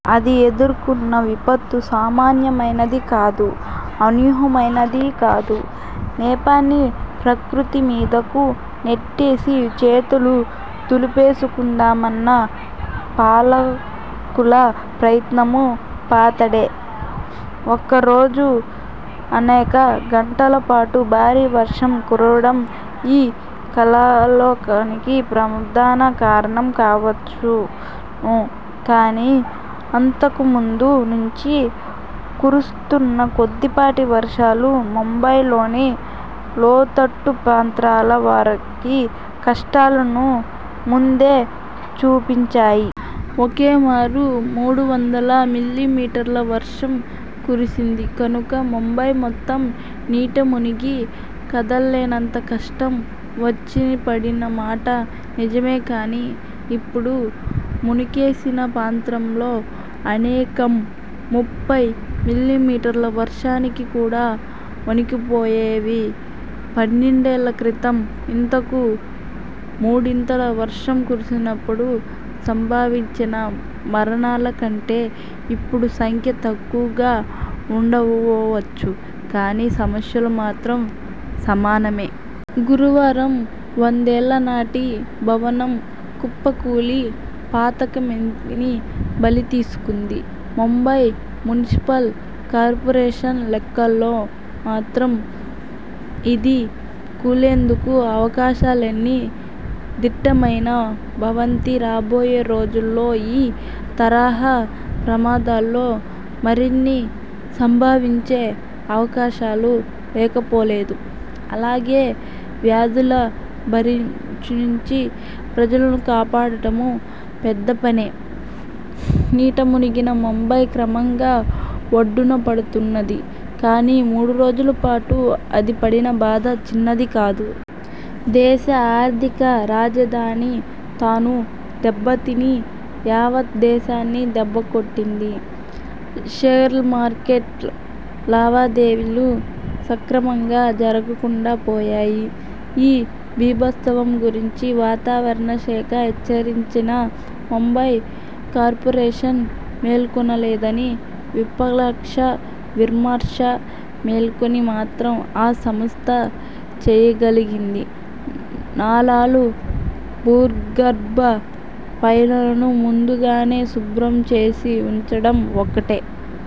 అది ఎదుర్కొన్న విపత్తు సామాన్యమైనదీ కాదు, అనూహ్యమైనదీ కాదు. నెపాన్ని ప్రకృతి మీదకు నెట్టేసి చేతులు దులిపేసుకుందామన్న పాలకుల ప్రయత్నమూ పాతదే. ఒక్కరోజు అనేక గంటలపాటు భారీ వర్షం కురవడం ఈ కల్లోలానికి ప్రధాన కారణం కావచ్చును కానీ, అంతకుముందు నుంచీ కురుస్తున్న కొద్దిపాటి వర్షాలు ముంబైలోని లోతట్టుప్రాంతాల వారికి కష్టాలను ముందే చూపించాయి. ఒకేమారు మూడువందల మిల్లీమీటర్ల వర్షం కురిసింది కనుక ముంబై మొత్తం నీటమునిగి, కదల్లేనంత కష్టం వచ్చిపడినమాట నిజమే కానీ, ఇప్పుడు మునకేసిన ప్రాంతం లో అనేకం ముప్పై మిల్లీమీటర్ల వర్షానికి కూడా వొణికిపోయేవే. పన్నెండేళ్ళ క్రితం ఇంతకు మూడింతల వర్షం కురిసినప్పుడు సంభవించిన మరణాల కంటే ఇప్పుడు సంఖ్య తక్కువగా ఉండివుండవచ్చు కానీ, సమస్యలు మాత్రం సమానమే. గురువారం వందేళ్ళనాటి భవనం కుప్పకూలి పాతికమందిని బలితీసుకుంది. ముంబై మునిసిపల్ కార్పొరేషన్ లెక్కల్లో మాత్రం ఇది కూలేందుకు అవకాశంలేని దిట్టమైన భవంతి. రాబోయే రోజుల్లో ఈ తరహా ప్రమాదాలు మరిన్ని సంభవించే అవకాశాలు లేకపోలేదు. అలాగే, వ్యాధుల బారినుంచి ప్రజలను కాపాడటమూ పెద్దపనే. నీటమునిగిన ముంబై క్రమంగా ఒడ్డునపడుతున్నది కానీ, మూడురోజుల పాటు అది పడిన బాధ చిన్నది కాదు. దేశ ఆర్థిక రాజధాని తాను దెబ్బతిని యావత్ దేశాన్ని దెబ్బకొట్టింది. షేర్లమార్కెట్ లావాదేవీలు సక్రమంగా జరగకుండా పోయాయి. ఈ బీభత్సం గురించి వాతావరణ శాఖ హెచ్చరించినా ముంబై కార్పొరేషన్ మేల్కొనలేదన్నది విపక్షాల విమర్శ. మేల్కొని మాత్రం ఆ సంస్థ చేయగలిగింది నాలాలు, భూగర్భ పైపులను ముందుగానే శుభ్రం చేసివుంచడం ఒక్కటే.